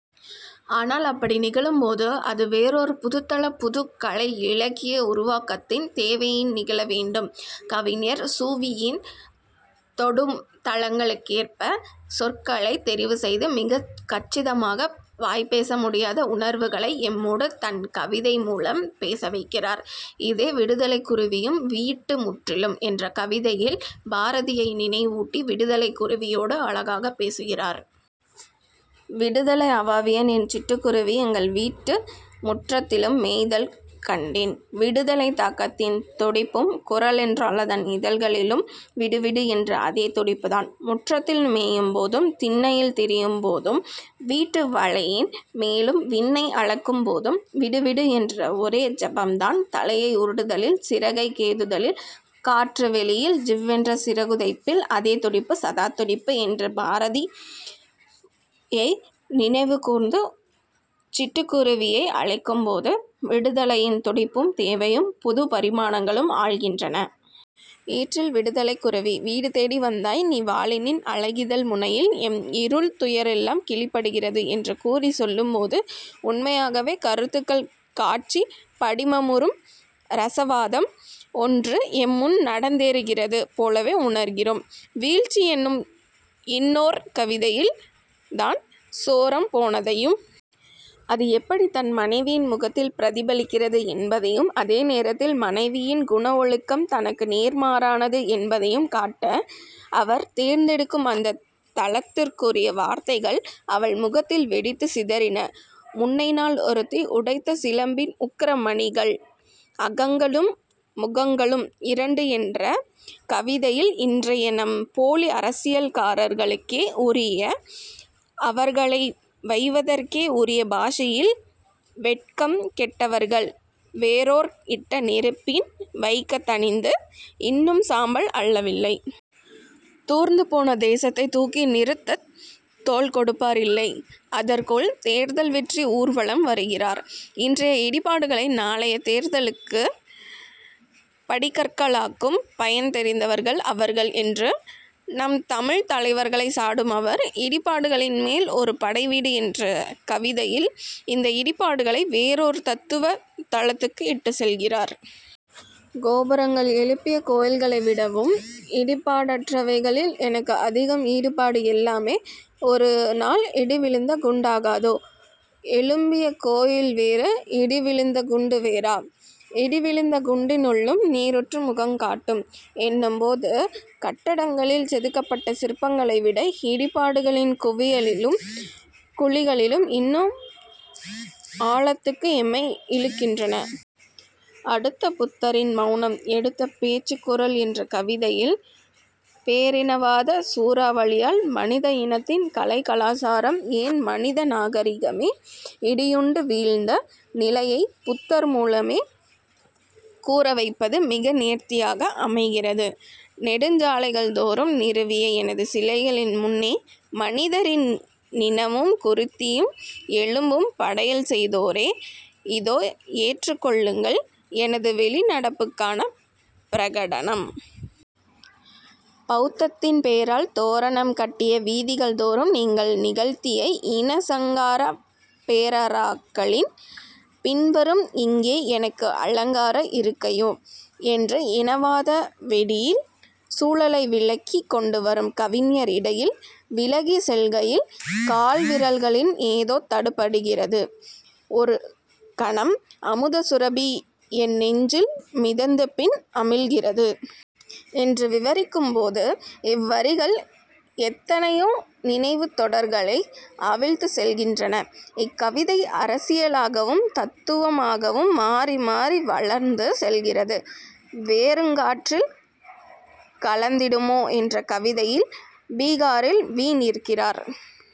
ஆனால் அப்படி நிகழும்போது அது வேறோர் புதுத்தள புதுக் கலை இலக்கிய உருவாக்கத்தின் தேவையின் நிகழ வேண்டும். கவிஞர் சு. வி. யின் தொடும் தளங்களுக்கேற்பச் சொற்களைத் தெரிவுசெய்து மிகக் கச்சிதமாக வாய்பேச முடியாத உணர்வுகளை எம்மோடு தன் கவிதை மூலம் பேசவைக்கிறார். இதே விடுதலைக் குருவியும் வீட்டு முன்றிலும் என்ற கவிதையில் பாரதியை நினைவூட்டி விடுதலைக் குருவியோடு அழகாகப் பேசுகிறார். விடுதலை அவாவிய நின் சிட்டுக் குருவி எங்கள் வீட்டு முற்றத்திலும் மேய்தல் கண்டேன். விடுதலைத் தாகத்தின் துடிப்பும் குரலென்றால் அதன் இதழ்களிலும் விடு விடு என்ற அதே துடிப்புத்தான். முற்றத்தில் மேயும் போதும் திண்ணையில் திரியும் போதும் வீட்டு வளையின் மேலும் விண்ணை அளக்கும் போதும் விடுவிடு என்ற ஒரே ஜபம்தான் தலையை உருட்டுதலில் சிறகைக் கோதுதலில் காற்று வெளியில் ஜிவ் வென்ற சிறகுதைப்பில் அதே துடிப்பு சதா துடிப்பு என்று பாரதியை நினைவுகூர்ந்து சிட்டுக் குருவியை அழைக்கும்போது விடுதலையின் துடிப்பும் தேவையும் புதுப் பரிமாணங்களும் ஆழ்கின்றன. ஈற்றில் விடுதலைக் குருவீ! வீடுதேடி வந்தாய் நீ வாழி நின் அலகிதழ் முனையில் எம் இருள் துயரெல்லாம் கிழிபடுகிறது என்று கூறிச் செல்லும்போது உண்மையாகவே கருத்துக்கள் காட்சிப் படிமமுறும் ரசவாதம் ஒன்று எம்முன்நடந்தேறுகின்றது போலவே உணர்கிறோம். வீழ்ச்சி என்னும் இன்னோர் கவிதையில் தான் சோரம் போனதையும் அது எப்படித் தன் மனைவியின் முகத்தில் பிரதிபலிக்கிறது என்பதையும் அதேநேரத்தில் மனைவியின் குணவொழுக்கம் தனக்கு நேர்மாறானது என்பதையும் காட்ட அவர் தேர்ந்தெடுக்கும் அந்தத் தளத்துக்குரிய வார்த்தைகள் அவள் முகத்தில் வெடித்துச் சிதறின முன்னைநாள் ஒருத்தி உடைத்த சிலம்பின் உக்கிர மணிகள் அகங்களும் முகங்களும் இரண்டு என்ற கவிதையில் இன்றைய நம் போலி அரசியல்காரர்களுக்கே உரிய அவர்களை வைவதற்கே உரிய பாஷையில் வெட்கம் கெட்டவர்கள் வேற்றோர் இட்ட நெருப்பின் வெக்கை தணிந்து இன்னும் சாம்பல் அள்ளவில்லை. தூர்ந்து போன தேசத்தைத் தூக்கி நிறுத்தத் தோள் கொடுப்பாரில்லை. அதற்குள் தேர்தல் வெற்றி ஊர்வலம் வருகிறார் இன்றைய இடிபாடுகளை நாளைய தேர்தலுக்கு படிக் கற்களாக்கும் பயன் தெரிந்தவர்கள் அவர்கள் என்று நம் தமிழ்த் தலைவர்களைச் சாடும் அவர் இடிபாடுகளின்மேல் ஒரு படைவீடு என்ற கவிதையில் இந்த இடிபாடுகளை வேறோர் தத்துவத் தளத்துக்கு இட்டுச் செல்கிறார். கோபுரங்கள் எழுப்பிய கோயில்களை விடவும் இடிபாடற்றவைகளில் எனக்கு அதிகம் ஈடுபாடு எல்லாமே ஒரு நாள் இடிவிழுந்த குண்டாகாதோ? எழும்பிய கோயில் வேறு. இடிவிழுந்தகுண்டு வேறா? இடிவிழுந்த குண்டினுள்ளும் நீருற்று முகங்காட்டும். என்னும்போது கட்டடங்களில் செதுக்கப்பட்ட சிற்பங்களை விட இடிபாடுகளின் குவியலும் குழிகளும் இன்னும் ஆழத்துக்கு எம்மை இழுக்கின்றன. அடுத்து புத்தரின் மௌனம் எடுத்த பேச்சுக் குரல் என்ற கவிதையில் பேரினவாதச் சூறாவளியால் மனித இனத்தின் கலை கலாசாரம் ஏன் மனித நாகரிகமே இடியுண்டு வீழ்ந்த நிலையை புத்தர் மூலமே கூறவைப்பது மிக நேர்த்தியாக அமைகிறது. நெடுஞ் சாலைகள்தோறும் நிறுவிய எனது சிலைகளின் முன்னே மனிதரின் நிணமும் குருதியும் எலும்பும் படையல் செய்தோரே இதோ ஏற்றுக் கொள்ளுங்கள் எனது வெளிநடப்புக்கான பிரகடனம். பௌத்தத்தின் பேரால் தோரணம் கட்டிய வீதிகள் தோறும் நீங்கள் நிகழ்த்திய இன சங்காரப் பெரஹராக்களின் பின்னரும் இங்கே எனக்கு அலங்கார இருக்கையோ? என்று இனவாத வெடில் சூழலை விளக்கிக் கொண்டு வரும் கவிஞர் இடையில் விலகி செல்கையில் கால்விரல்களில் ஏதோ தட்டுப்படுகிறது. ஒரு கணம் அமுத சுரபி என் நெஞ்சில் மிதந்து பின் அமிழ்கிறது. என்று விவரிக்கும் போது இவ்வரிகள் எத்தனையோ நினைவுத் தொடர்களை அவிழ்த்துச் செல்கின்றன. இக்கவிதை அரசியலாகவும், தத்துவமாகவும் மாறி மாறி வளர்ந்து செல்கிறது. வெறுங் காற்றில் கலந்திடுமோ என்ற கவிதையில் பீகாரில் வி. நிற்கிறார்.